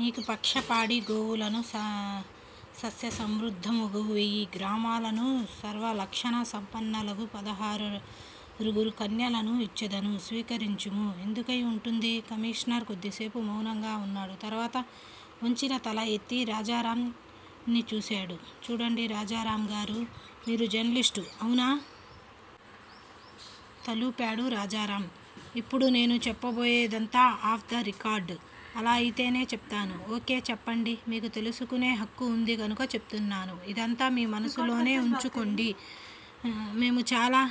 నీకు పక్ష పాడి గోవులనూ సస్య సమృద్ధములగు వేయి గ్రామములనూ సర్వలక్షణ సంపన్నలగు పదహారుగురు కన్యలనూ ఇచ్చెదను' స్వీకరించుము. ఎందుకై ఉంటుంది? కమిషనర్ కొద్దిసేపు మౌనంగా ఉన్నాడు తర్వాత వంచిన తల ఎత్తి రాజారామ్ ని చూశాడు. చూడండి రాజారామ్ గారూ మీరు జర్నలిస్టు. అవునా? తలూపాడు రాజారామ్. ఇప్పుడు నేను చెప్పబోయేదంతా ఆఫ్ ద రికార్డ్! అలా అయితేనే చెప్తాను. ఓకే-చెప్పండి మీకు తెలుసుకునే హక్కు ఉంది కనుక చెప్తున్నాను. ఇదంతా మీ మనస్సులోనే ఉంచుకోండి మేము చాలా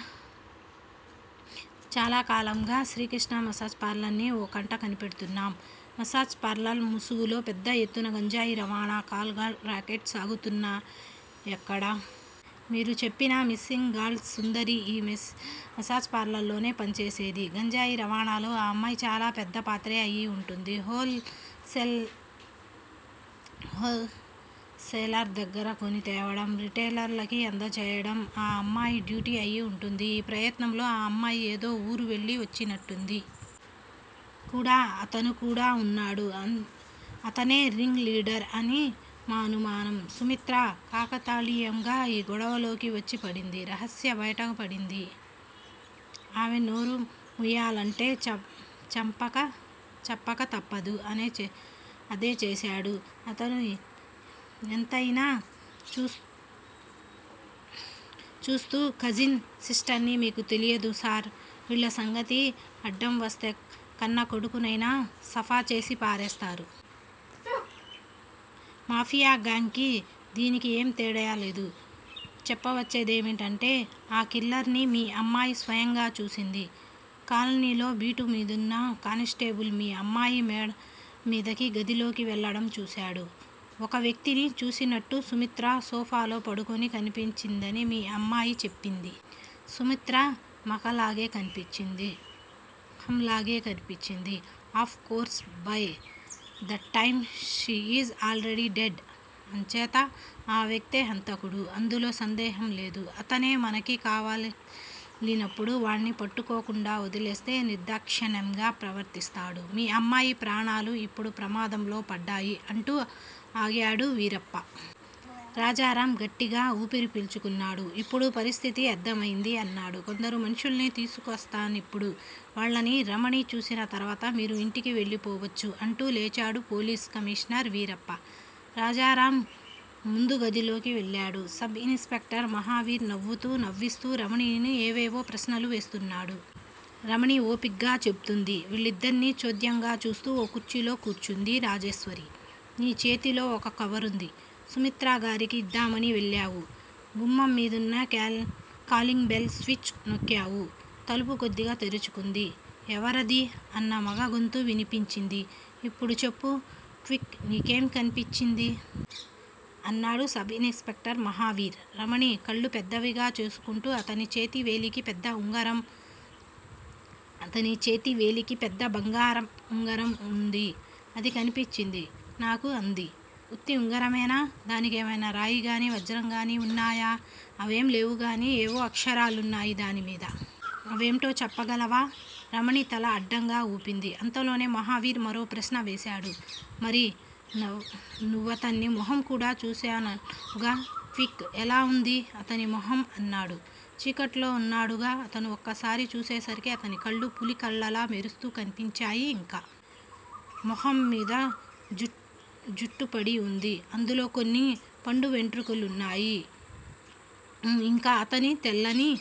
కాలంగా 'శ్రీ కృష్ణా మాసేజ్ పార్లర్నీ' ఓ కంట కనిపెడ్తున్నాం. మాసేజ్ పార్లర్ ముసుగులో పెద్ద ఎత్తున గంజాయి రవాణా, కాల్ గర్ల్ రాకెట్ సాగుతున్నాయక్కడ. మీరు చెప్పినా మిస్సింగ్ గర్ల్ సుందరి ఈ మాసేజ్ పార్లర్ లో పనిచేసేది. గంజాయి రవాణాలో ఆ అమ్మాయి చాలా పెద్ద పాత్రే అయి వుంటుంది. Whole sailor దగ్గరకొనితేవడం. రిటెయిలర్లకి అందజేయ్యడం ఆ అమ్మాయి డ్యూటీ అయి ఉంటుంది. ఈ ప్రయత్నంలోనే ఆ అమ్మాయి ఏదో వూరు వెళ్ళి వచ్చినట్టుంది. కూడా 'అతను' కూడా వున్నాడు. 'అతనే' రింగ్ లీడర్ అని మా అనుమానం. సుమిత్ర కాకతాళీయంగా ఈ గొడవలోకి వచ్చి పడింది. రహస్యం బయట పడింది. ఆమె నోరుముయ్యాలంటే చంపక తప్పదు. అదే చేశాడు అతను ఎంతయినా చూస్తూ కజిన్ సిస్టర్ని, మీకు తెలీదు సార్ వీళ్ళ సంగతి అడ్డం వస్తే కన్నా కొడుకు నైనా సఫా చేసి పారేస్తారు. మాఫియా గ్యాంగ్ కి దీనికి ఏం తేడా లేదు. చెప్పవచ్చేదేమంటే-ఆ కిల్లర్ని మీ అమ్మాయి స్వయంగా చూసింది. కాలనీలో బీటు మీదున్న కానిస్టేబుల్ మీ అమ్మాయి మేడ మీది గదిలోకి వెళ్ళడం చూశాడు. ఒక వ్యక్తిని చూసినట్టూ, సుమిత్ర సోఫాలో పడుకొని కనిపించిందని మీ అమ్మాయి చెప్పింది. సుమిత్ర మకలాగే కన్పించింది. Of course by that time she is already dead! అంచేత ఆ వ్యక్తే హంతకుడు. అందులో సందేహము లేదు. అతనే మనకి కావాలిప్పుడు. వాణ్ని పట్టుకోకుండా వదిలేస్తే నిర్దాక్షిణ్యంగా ప్రవర్తిస్తాడు. మీ అమ్మాయి ప్రాణాలు ఇప్పుడు ప్రమాదంలో పడ్డాయి. అంటూ ఆగాడు వీరప్ప. రాజారామ్ గట్టిగా ఊపిరి పీల్చుకున్నాడు. ఇప్పుడు పరిస్థితి అర్ధమయింది. అన్నాడు. కొందరు మనుష్యుల్ని తీసుకువస్తానిప్పుడు వాళ్ళని రమణి చూసిన తరువాత మీరు ఇంటికి వెళ్ళిపోవచ్చు. అంటూ లేచాడు పోలీస్ కమిషనర్ వీరప్ప. రాజారామ్ ముందుగదిలోకి వెళ్ళాడు. సబ్ ఇన్ స్పెక్టర్ మహావీర్ నవ్వుతూ, నవ్విస్తూ, రమణిని ఏవేవో ప్రశ్నలు వేస్తున్నాడు. రమణి ఓపిగ్గా చెబుతోంది. వాళ్ళిద్దర్నీ చోద్యంగా చూస్తూ ఓ కుర్చీలో కూర్చుంది రాజేశ్వరి. నీ చేతిలో ఓ కవరుంది. సుమిత్ర గారికి ఇద్దామని వెల్లావు. గుమ్మం మీదున్న కాలింగ్ బెల్ స్విచ్ నోక్కావు. తలుపు కొద్దిగా తెరుచుకుంది. 'ఎవరది' అన్న మగ గొంతు వినిపించింది. ఇప్పుడు చెప్పు, క్విక్, నీకేం కన్పించింది? అన్నాడు sub inspector Mahavir. Ramani కళ్ళు పెద్దవిగా చేసుకుంటూ అతని చేతి వేలికి పెద్ద బంగారం ఉంగరం ఉంది. అది కన్పించింది నాకు అంది. ఉత్తి ఉంగరమేనా? దానికేమయినా రాయి గాని, వజ్రంగాని ఉన్నాయా? అవేం లేవుగాని, ఏవో అక్షరాలున్నాయి దాని మీద! అవేంటో చెప్పగలవా? రమణి తల అడ్డంగా ఊపింది. అంతలోనే మహావీర్ మరో ప్రశ్న వేశాడు. మరి, నువ్వతని మొహం కూడా చూశానన్నావుగా! క్విక్!! ఎలా ఉంది అతని మొహం? అన్నాడు. చీకట్లో ఉన్నాడుగా అతను! ఒక్కసారి చూసేసరికి అతని కళ్ళు పులి కళ్ళలా మెరుస్తూ కన్పించాయి ఇంకా? మొహం మీదికి జుత్తు పడి ఉంది. అందులో కొన్ని పండు వెంట్రుకలున్నాయి ఊఁ ఇంకా? అతను తెల్లని